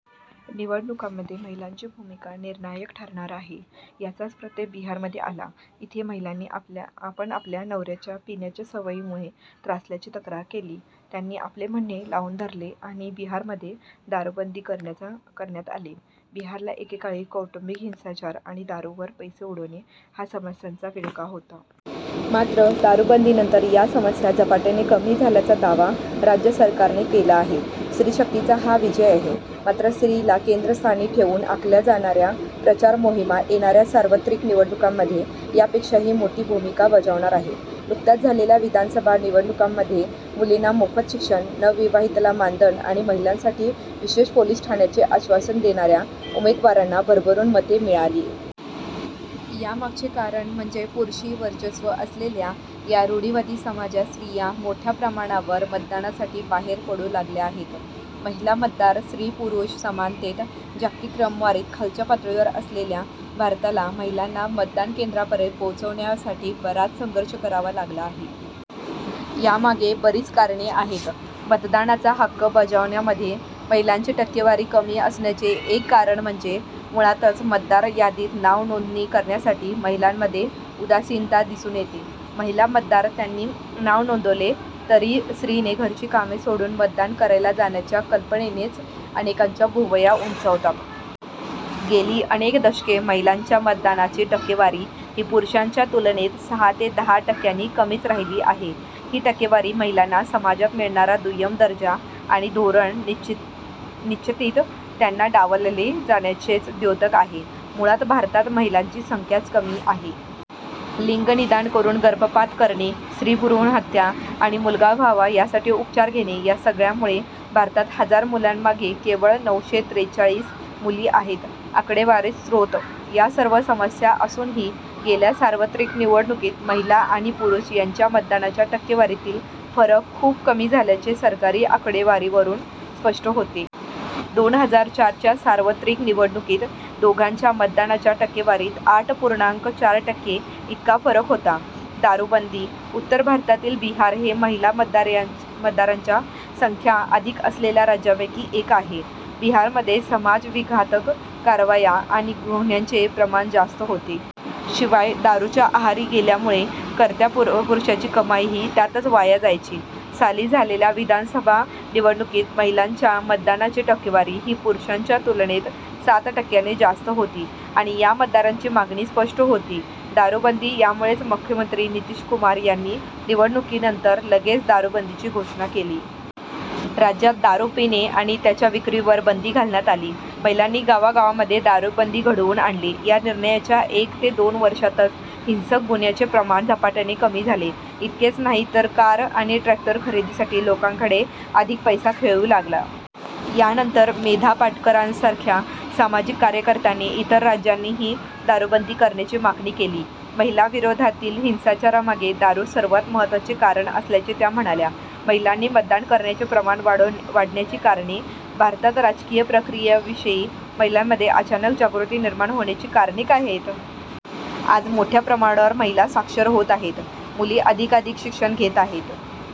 निवडणुकांमध्ये महिलांची भूमिका निर्णायक ठरणार आहे. याचाच प्रत्यय बिहारमध्ये आला. इथे महिलांनी आपण आपल्या नवऱ्याच्या 'पिण्याच्या' सवयीमुळे त्रासल्याची तक्रार केली. त्यांनी आपले म्हणणे लावून धरले आणि बिहारमध्ये दारूबंदी करण्यात आली. बिहारला एकेकाळी कौटुंबिक हिंसाचार आणि दारूवर पैसे उडवणे या समस्यांचा विळखा होता. मात्र दारूबंदीनंतर या समस्या झपाट्याने कमी झाल्याचा दावा राज्य सरकारने केला आहे. स्त्रीशक्तीचा हा विजय आहे. मात्र स्त्रीला केंद्रस्थानी ठेवून आखल्या जाणाऱ्या प्रचार मोहिमा येणाऱ्या सार्वत्रिक निवडणुकांमध्ये यापेक्षाही मोठी भूमिका बजावणार आहेत. नुकत्याच झालेल्या विधानसभा निवडणुकांमध्ये मुलींना मोफत शिक्षण, नवविवाहितेला मानधन आणि महिलांसाठी विशेष पोलीस ठाण्यांचे आश्वासन देणाऱ्या उमेदवारांना भरभरून मते मिळाली. यामागचे कारण म्हणजे पुरुषी वर्चस्व असलेल्या या रूढिवादी समाजात स्त्रिया मोठ्या प्रमाणावर मतदानासाठी बाहेर पडू लागल्या आहेत. महिला मतदार - स्त्री-पुरुष समानतेत जागतिक क्रमवारीत खालच्या पातळीवर असलेल्या भारताला महिलांना मतदानकेंद्रापर्यंत पोहोचवण्यासाठी बराच संघर्ष करावा लागला आहे. यामागे बरीच कारणे आहेत. मतदानाचा हक्क बजावण्यामध्ये महिलांची टक्केवारी कमी असण्याचे एक कारण म्हणजे मुळातच मतदार यादीत नाव नोंदणी करण्यासाठी महिलांमध्ये उदासीनता दिसून येते. महिला मतदार - त्यांनी नाव नोंदवले तरी स्त्रीने घरची कामे सोडून मतदान करायला जाण्याच्या कल्पनेनेच अनेकांच्या भुवया उंचावतात. गेली अनेक दशके महिलांच्या मतदानाची टक्केवारी ही पुरुषांच्या तुलनेत सहा ते दहा टक्क्यांनी कमीच राहिली आहे. ही टक्केवारी महिलांना समाजात मिळणारा दुय्यम दर्जा आणि धोरण निश्चितीत त्यांना डावलले जाण्याचेच द्योतक आहे. मुळात भारतात महिलांची संख्याच कमी आहे. लिंगनिदान करून गर्भपात करणे, स्त्रीभ्रूणहत्या आणि मुलगा व्हावा, यासाठी उपचार घेणे, या सगळ्यांमुळे भारतात हजार मुलांमागे केवळ नऊशे त्रेचाळीस मुली आहेत. आकडेवारी स्रोत - या सर्व समस्या असूनही गेल्या सार्वत्रिक निवडणुकीत महिला आणि पुरुष यांच्या मतदानाच्या टक्केवारीतील फरक खूप कमी झाल्याचे सरकारी आकडेवारीवरून स्पष्ट होते. दोन हजार चारच्या सार्वत्रिक निवडणुकीत दोघांच्या मतदानाच्या टक्केवारीत आठ पूर्णांक चार टक्के इतका फरक होता. दारूबंदी - उत्तर भारतातील बिहार हे महिला मतदारांची संख्या अधिक असलेल्या राज्यांपैकी एक आहे. बिहारमध्ये समाजविघातक कारवाया आणि गुन्ह्यांचे प्रमाण जास्त होते. शिवाय दारूच्या आहारी गेल्यामुळे कर्त्या पुरुषाची कमाई ही त्यातच वाया जायची. साली झालेल्या विधानसभा निवडणुकीत महिलांच्या मतदानाची टक्केवारी ही पुरुषांच्या तुलनेत सात टक्क्याने जास्त होती आणि या मतदारांची मागणी स्पष्ट होती दारूबंदी यामुळेच मुख्यमंत्री नितीश कुमार यांनी निवडणुकीनंतर लगेच दारूबंदीची घोषणा केली. राज्यात दारू पिणे आणि त्याच्या विक्रीवर बंदी घालण्यात आली. महिलांनी गावागावांमध्ये दारूबंदी घडवून आणली, या निर्णयाच्या एक ते दोन वर्षांतच हिंसक गुन्ह्यांचे प्रमाण झपाट्याने कमी झाले. इतकेच नाही तर कार आणि ट्रॅक्टर खरेदीसाठी लोकांकडे अधिक पैसा खेळू लागला. यानंतर मेधा पाटकरांसारख्या सामाजिक कार्यकर्त्यांनी इतर राज्यांनीही दारूबंदी करण्याची मागणी केली. महिलांविरोधातील हिंसाचारामागे दारू सर्वात महत्त्वाचे कारण असल्याचे त्या म्हणाल्या. महिलांनी मतदान करण्याचे प्रमाण वाढण्याची कारणे - भारतात राजकीय प्रक्रियेविषयी महिलांमध्ये अचानक जागृती निर्माण होण्याची कारणे काय आहेत? आज मोठ्या प्रमाणावर महिला साक्षर होत आहेत. मुली अधिकाधिक शिक्षण घेत आहेत.